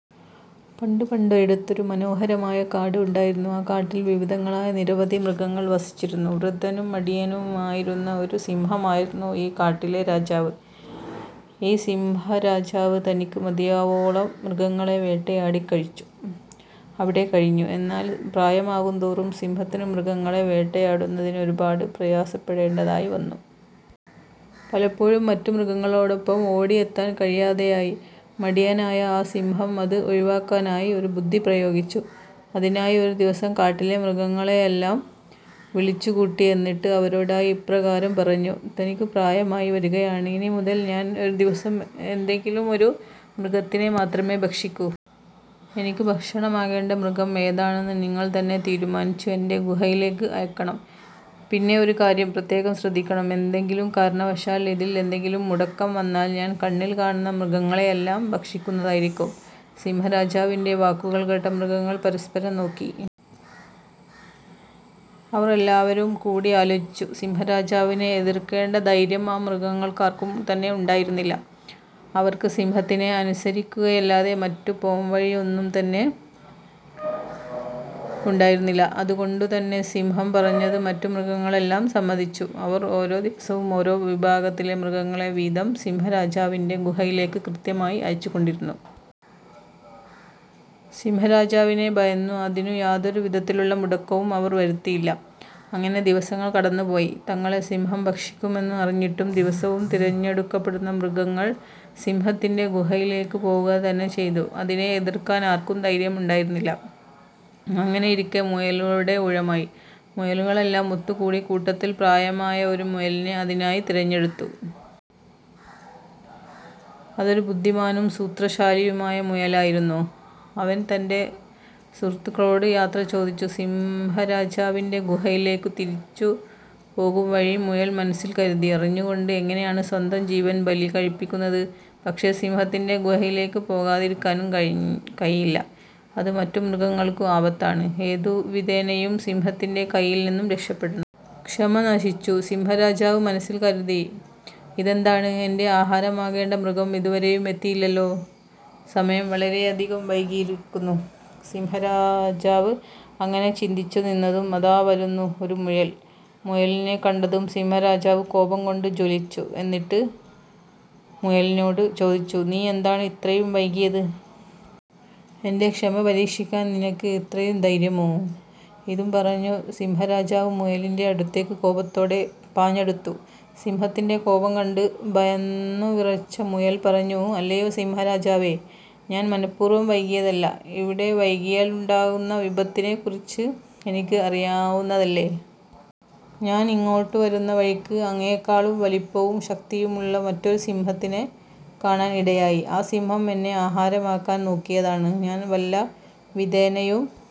പണ്ടു പണ്ടു ഒരിടത്തൊരു മനോഹരമായ കാട് ഉണ്ടായിരുന്നു. ആ കാട്ടിൽ വിവിധങ്ങളായ നിരവധി മൃഗങ്ങൾ വസിച്ചിരുന്നു. വൃദ്ധനും മടിയനുമായിരുന്ന ഒരു സിംഹമായിരുന്നു ഈ കാട്ടിലെ രാജാവ്. ഈ സിംഹരാജാവ് തനിക്ക് മതിയാവോളം മൃഗങ്ങളെ വേട്ടയാടി കഴിച്ചു അവിടെ കഴിഞ്ഞു. എന്നാൽ പ്രായമാകുന്തോറും സിംഹത്തിനു മൃഗങ്ങളെ വേട്ടയാടുന്നതിന് ഒരുപാട് പ്രയാസപ്പെടേണ്ടതായി വന്നു. പലപ്പോഴും മറ്റു മൃഗങ്ങളോടൊപ്പം ഓടി എത്താൻ കഴിയാതെയായി. മടിയനായ ആ സിംഹം അത് ഒഴിവാക്കാനായി ഒരു ബുദ്ധി പ്രയോഗിച്ചു. അതിനായി ഒരു ദിവസം കാട്ടിലെ മൃഗങ്ങളെയെല്ലാം വിളിച്ചു കൂട്ടി. എന്നിട്ട് അവരോടായി ഇപ്രകാരം പറഞ്ഞു. "എനിക്ക് പ്രായമായി വരുകയാണ്. ഇനി മുതൽ ഞാൻ ഒരു ദിവസം ഏതെങ്കിലും ഒരു മൃഗത്തിനെ മാത്രമേ ഭക്ഷിക്കൂ. എനിക്ക് ഭക്ഷണമാകേണ്ട മൃഗം ഏതാണെന്ന് നിങ്ങൾ തന്നെ തീരുമാനിച്ചു എന്റെ ഗുഹയിലേക്ക് അയക്കണം. പിന്നെ ഒരു കാര്യം പ്രത്യകം ശ്രദ്ധിക്കണം. ഏതെങ്കിലും കാരണവശാൽ ഇതിൽ എന്തെങ്കിലും മുടക്കം വന്നാൽ ഞാൻ കണ്ണിൽ കാണുന്ന മൃഗങ്ങളെയെല്ലാം ഭക്ഷിക്കുന്നതായിരിക്കും. " സിംഹരാജാവിന്റെ വാക്കുകൾ കേട്ട മൃഗങ്ങൾ പരസ്പരം നോക്കി. അവർ എല്ലാവരും കൂടിയാലോചിച്ചു. സിംഹരാജാവിനെ എതിർക്കേണ്ട ധൈര്യം ആ മൃഗങ്ങൾക്കാർക്കും തന്നെ ഉണ്ടായിരുന്നില്ല. അവർക്ക് സിംഹത്തിനെ അനുസരിക്കുകയല്ലാതെ മറ്റു പോംവഴി ഒന്നും തന്നെ ഉണ്ടായിരുന്നില്ല. അതുകൊണ്ടു തന്നെ സിംഹം പറഞ്ഞത് മറ്റു മൃഗങ്ങളെല്ലാം സമ്മതിച്ചു. അവർ ഓരോ ദിവസം ഓരോ വിഭാഗത്തിലെ മൃഗങ്ങളെ വീതം സിംഹാരാജാവിന്റെ ഗുഹയിലേക്ക് കൃത്യമായി അയച്ചു കൊണ്ടിരുന്നു. സിംഹാരാജാവിനെ ഭയന്നു അതിനു യാതൊരു വിധത്തിലുള്ള മുടക്കവും അവർ വരുത്തിയില്ല. അങ്ങനെ ദിവസങ്ങൾ കടന്നു പോയി. തങ്ങളെ സിംഹം ഭക്ഷിക്കുമെന്നു അറിഞ്ഞിട്ടും ദിവസവും തിരഞ്ഞെടുക്കപ്പെടുന്ന മൃഗങ്ങൾ സിംഹത്തിന്റെ ഗുഹയിലേക്ക് പോകുക തന്നെ ചെയ്തു. അതിനെ എതിർക്കാൻ ആർക്കും ധൈര്യം ഉണ്ടായിരുന്നില്ല. അങ്ങനെയിരിക്കെ മുയലുകളുടെ ഊഴമായി. മുയലുകളെല്ലാം ഒത്തുകൂടി കൂട്ടത്തിൽ പ്രായമായ ഒരു മുയലിനെ അതിനായി തിരഞ്ഞെടുത്തു. അതൊരു ബുദ്ധിമാനും സൂത്രശാലിയുമായ മുയലായിരുന്നു. അവൻ തന്റെ സുഹൃത്തുക്കളോട് യാത്ര ചോദിച്ചു സിംഹരാജാവിന്റെ ഗുഹയിലേക്കു തിരിച്ചു. പോകും വഴി മുയൽ മനസ്സിൽ കരുതി "അറിഞ്ഞുകൊണ്ട് എങ്ങനെയാണ് സ്വന്തം ജീവൻ ബലി കഴിപ്പിക്കുന്നത്. പക്ഷേ സിംഹത്തിന്റെ ഗുഹയിലേക്ക് പോകാതിരിക്കാനും കഴിയില്ല. അത് മറ്റു മൃഗങ്ങൾക്കും ആപത്താണ്. ഏതു വിധേനയും സിംഹത്തിന്റെ കൈയിൽ നിന്നും രക്ഷപ്പെടണം. ക്ഷമ നശിച്ച സിംഹരാജാവ് മനസ്സിൽ കരുതി "ഇതെന്താണ് എന്റെ ആഹാരമാകേണ്ട മൃഗം ഇതുവരെയും എത്തിയില്ലലോ. സമയം വളരെയധികം വൈകിയിരിക്കുന്നു. " സിംഹരാജാവ് അങ്ങനെ ചിന്തിച്ചു നിന്നതും അതാ വരുന്നു ഒരു മുയൽ. മുയലിനെ കണ്ടതും സിംഹരാജാവ് കോപം കൊണ്ട് ജ്വലിച്ചു. എന്നിട്ട് മയലിനോട് ചോദിച്ചു. "നീ എന്താണ് ഇത്രയും വൈകിയത്? എന്റെ ക്ഷമ പരീക്ഷിക്കാൻ നിനക്ക് അത്രയും ധൈര്യമോ? " ഇതും പറഞ്ഞു സിംഹരാജാവ് മുയലിന്റെ അടുത്തേക്ക് കോപത്തോടെ പാഞ്ഞടുത്തു. സിംഹത്തിന്റെ കോപം കണ്ട് ഭയന്നു വിറച്ച മുയൽ പറഞ്ഞു. "അല്ലയോ സിംഹരാജാവേ, ഞാൻ മനഃപൂർവം വൈകിയതല്ല. ഇവിടെ വൈകിയാൽ ഉണ്ടാകുന്ന വിപത്തിനെ കുറിച്ച് എനിക്ക് അറിയാവുന്നതല്ലേ. ഞാൻ ഇങ്ങോട്ടേക്കു വരുന്ന വഴിക്ക് അങ്ങയെക്കാളും വലിപ്പവും ശക്തിയുള്ള മറ്റൊരു സിംഹത്തിനെ കാണാൻ ഇടയായി. ആ സിംഹം എന്നെ ആഹാരമാക്കാൻ നോക്കിയതാണ്. ഞാൻ വല്ല വിധേനയും